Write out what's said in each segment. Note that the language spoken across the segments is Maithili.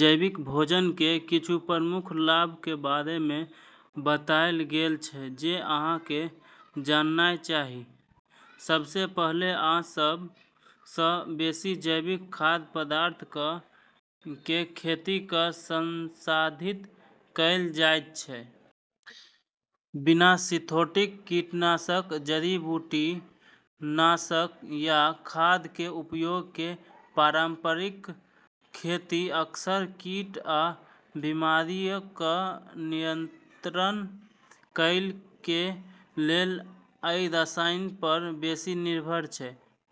जैविक भोजन कें किच्छू प्रमुख लाभक कें बारे मे बताएल गेल छै जे अहां कें जाननाय चाही, सबसे पहिले आ सब सं बेसि जैविक खाद्य पदार्थक कें खेती आ संसाधित कैल जायत छै, बिना सिंथेटिक कीटनाशक, जड़ी-बूटी नाशक या खाद कें उपयोग कें पारंपरिक खेती अक्सर कीट आ बीमारियक कें नियंत्रित करय कें लेल अइ रसायनक पर बेसि निर्भर छै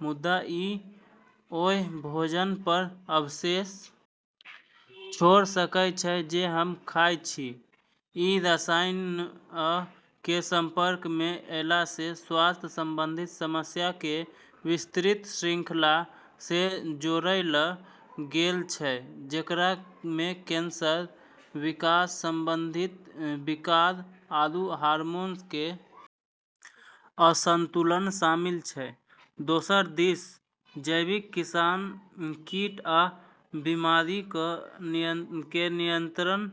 मुदा इ ओय भोजन पर अवशेष छोड़ सकय छै जे हम खायत छी, ई रसायनऽ के संपर्क मे ऐला से स्वास्थ्य संबंधी समस्या के विस्तृत श्रृंखला से जोड़लऽ गेलऽ छै जेकरा मे कैंसर, विकास संबंधी विकार, आरू हार्मोन के असंतुलन शामिल छै, दोसर दिस जैविक किसान कीट आ बीमारियक कें नियंत्रित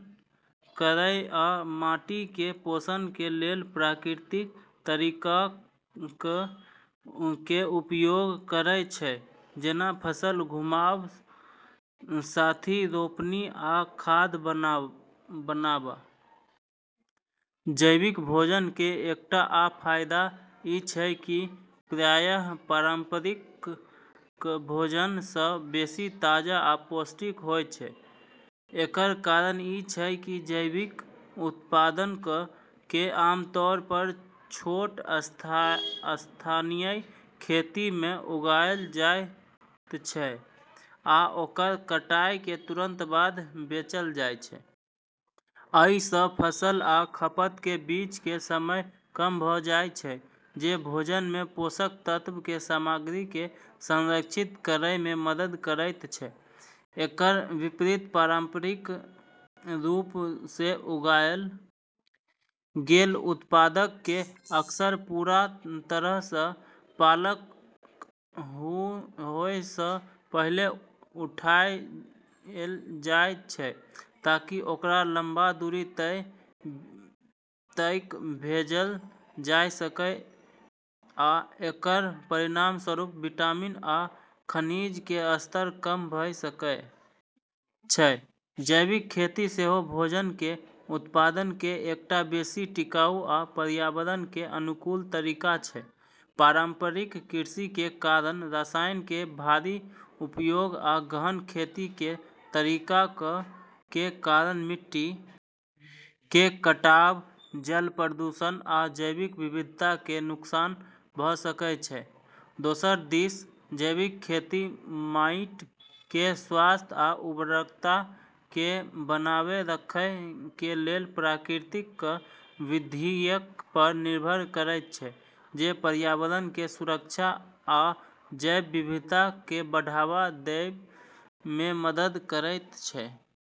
करय आ माटी कें पोषण कें लेल प्राकृतिक तरीकाक कें उपयोग करय छै जेना फसल घुमाव, साथी रोपनी आ खाद बनावा, जैविक भोजन कें एकटा आ फायदा इ छै की इ प्रायः पारंपरिक भोजन सं बेसि ताजा आ पौष्टिक होयत छै, एकर कारण इ छै की जैविक उत्पादक कें आमतौर पर छोट, स्थानीय खेतक मे उगाएल जायत छै आ ओकर कटाई कें तुरंत बाद बेचल जायत छै. अइ सं फसल आ खपत कें बीच कें समय कम भ जायत छै जे भोजन मे पोषक तत्वक कें सामग्री कें संरक्षित करय मे मदद करएयत छै, एकर विपरीत पारंपरिक रूप सं उगाएल गेल उत्पादक कें अक्सर पूरा तरह सं पाकल हुअ सं पहिले उठाएल जायत छै, ताकि ओकरा लंबा दूरी तइक भेजल जा सकय आ एकर परिणामस्वरूप विटामिन आ खनिज कें स्तर कम भ सकय छै, जैविक खेती सेहो भोजन कें उत्पादन कें एकटा बेसि टिकाऊ आ पर्यावरण कें अनुकूल तरीका छै, पारंपरिक कृषि कें कारण रसायन कें भारी उपयोग आ गहन खेती कें तरीकाक कें कारण मिट्टी कें कटाव, जल प्रदूषण आ जैव विविधता कें नुकसान भ सकय छै, दोसर दिस जैविक खेती माइट कें स्वास्थ्य आ उर्वरता कें बनाए रखएय कें लेल प्राकृतिक विधियक पर निर्भर करएयत छै जे पर्यावरण कें सुरक्षा आ जैव विविधता कें बढ़ावा देवय मे मदद करएयत छै।